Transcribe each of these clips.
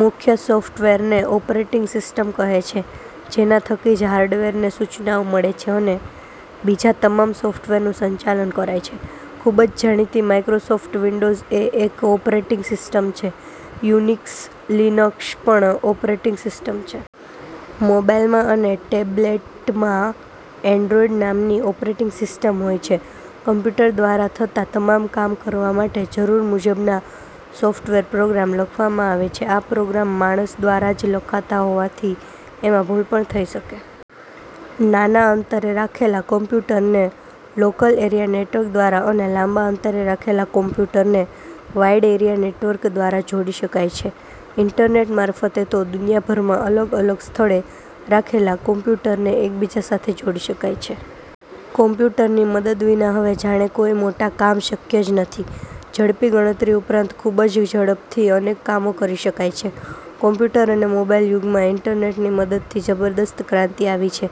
મુખ્ય સોફ્ટવેરને operating system કહે છે જેના થકી જ હાર્ડવેરને સૂચનાઓ મળે છે અને બીજા તમામ સોફ્ટવેરનું સંચાલન કરાય છે. ખુબ જ જાણીતી માઈક્રોસોફ્ટ વિન્ડોઝ એ એક ઓપરેટીંગ સિસ્ટમ છે. યુનિક્સ, લીનક્ષ પણ ઓપરેટીંગ સિસ્ટમ છે. મોબાઈલમાં અને ટેબ્લેટમાં એન્ડ્રોઈડ નામની ઓપરેટીંગ સિસ્ટમ હોય છે. કોમ્પ્યુટર દ્વારા થતા તમામ કામ કરવા માટે જરૂર મુજબના સોફ્ટવેર પ્રોગ્રામ લખવામાં આવે છે. આ પ્રોગ્રામ માણસ દ્વારા જ લખાતા હોવાથી એમાં ભૂલ પણ થઇ શકે. નાના અંતરે રાખેલા કોમ્પ્યુટરને લોકલ એરિયા નેટવર્ક દ્વારા અને લાંબા અંતરે રાખેલા કોમ્પ્યુટરને વાઇડ એરિયા નેટવર્ક દ્વારા જોડી શકાય છે. ઈન્ટરનેટ મારફતે તો દુનિયાભરમાં અલગ અલગ સ્થળે રાખેલા કોમ્પ્યુટરને એકબીજા સાથે જોડી શકાય છે. કોમ્પ્યુટરની મદદ વિના હવે જાણે કોઈ મોટા કામ શક્ય જ નથી! ઝડપી ગણતરી ઉપરાંત ખુબ જ ઝડપથી અનેક કામો કરી શકાય છે. કોમ્પ્યુટર અને મોબાઈલ યુગમાં ઈન્ટરનેટની મદદથી જબરદસ્ત ક્રાંતિ આવી છે.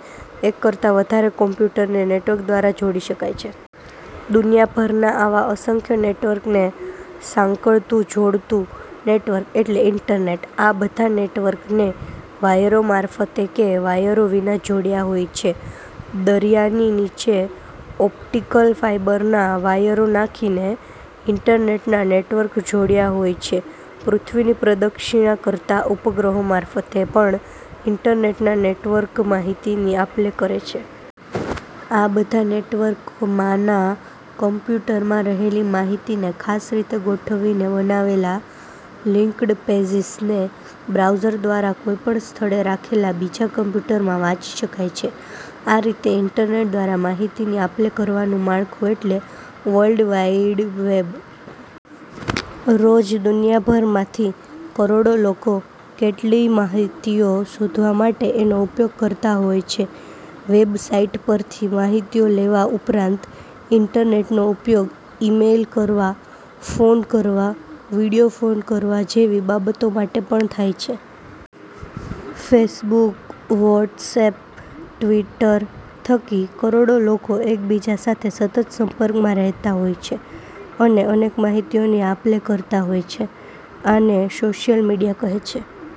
એક કરતાં વધારે કોમ્પ્યુટરને નેટવર્ક દ્વારા જોડી શકાય છે. દુનિયાભરના આવા અસંખ્ય નેટવર્કને સાંકળતું-જોડતું નેટવર્ક એટલે ઈન્ટરનેટ. આ બધા નેટવર્કને વાયરો મારફતે કે વાયરો વિના જોડ્યા હોય છે. દરિયાની નીચે ઓપ્ટીકલ ફાઈબરના વાયરો નાંખીને ઈન્ટરનેટના નેટવર્ક જોડ્યા હોય છે. પૃથ્વીની પ્રદક્ષિણા કરતા ઉપગ્રહો મારફતે પણ ઈન્ટરનેટના નેટવર્ક માહિતીની આપલે કરે છે. આ બધા નેટવર્કમાંના કોમ્પ્યુટરમાં રહેલી માહિતીને ખાસ રીતે ગોઠવીને બનાવેલા "લીંકડ પેજીસ" ને બ્રાઉઝર દ્વારા કોઈ પણ સ્થળે રાખેલા બીજા કોમ્પ્યુટરમાં વાંચી શકાય છે. આ રીતે ઈન્ટરનેટ દ્વારા માહિતીની આપલે કરવાનું માળખું એટલે "વર્લ્ડ વાઇડ વેબ". રોજ દુનિયાભરમાંથી કરોડો લોકો કેટલીય માહિતીઓ શોધવા માટે એનો ઉપયોગ કરતા હોય છે. વેબ સાઈટ પરથી માહિતીઓ લેવા ઉપરાંત ઈન્ટરનેટનો ઉપયોગ ઇમેઈલ કરવા, ફોન કરવા, વિડીયો ફોન કરવા જેવી બાબતો માટે પણ થાય છે. ફેસબુક, વ્હોટસએપ, ટવીટર થકી કરોડો લોકો એકબીજા સાથે સતત સંપર્કમાં રહેતા હોય છે અને અનેક માહિતીઓની આપલે કરતા હોય છે. આને સોશિઅલ મીડિયા કહે છે.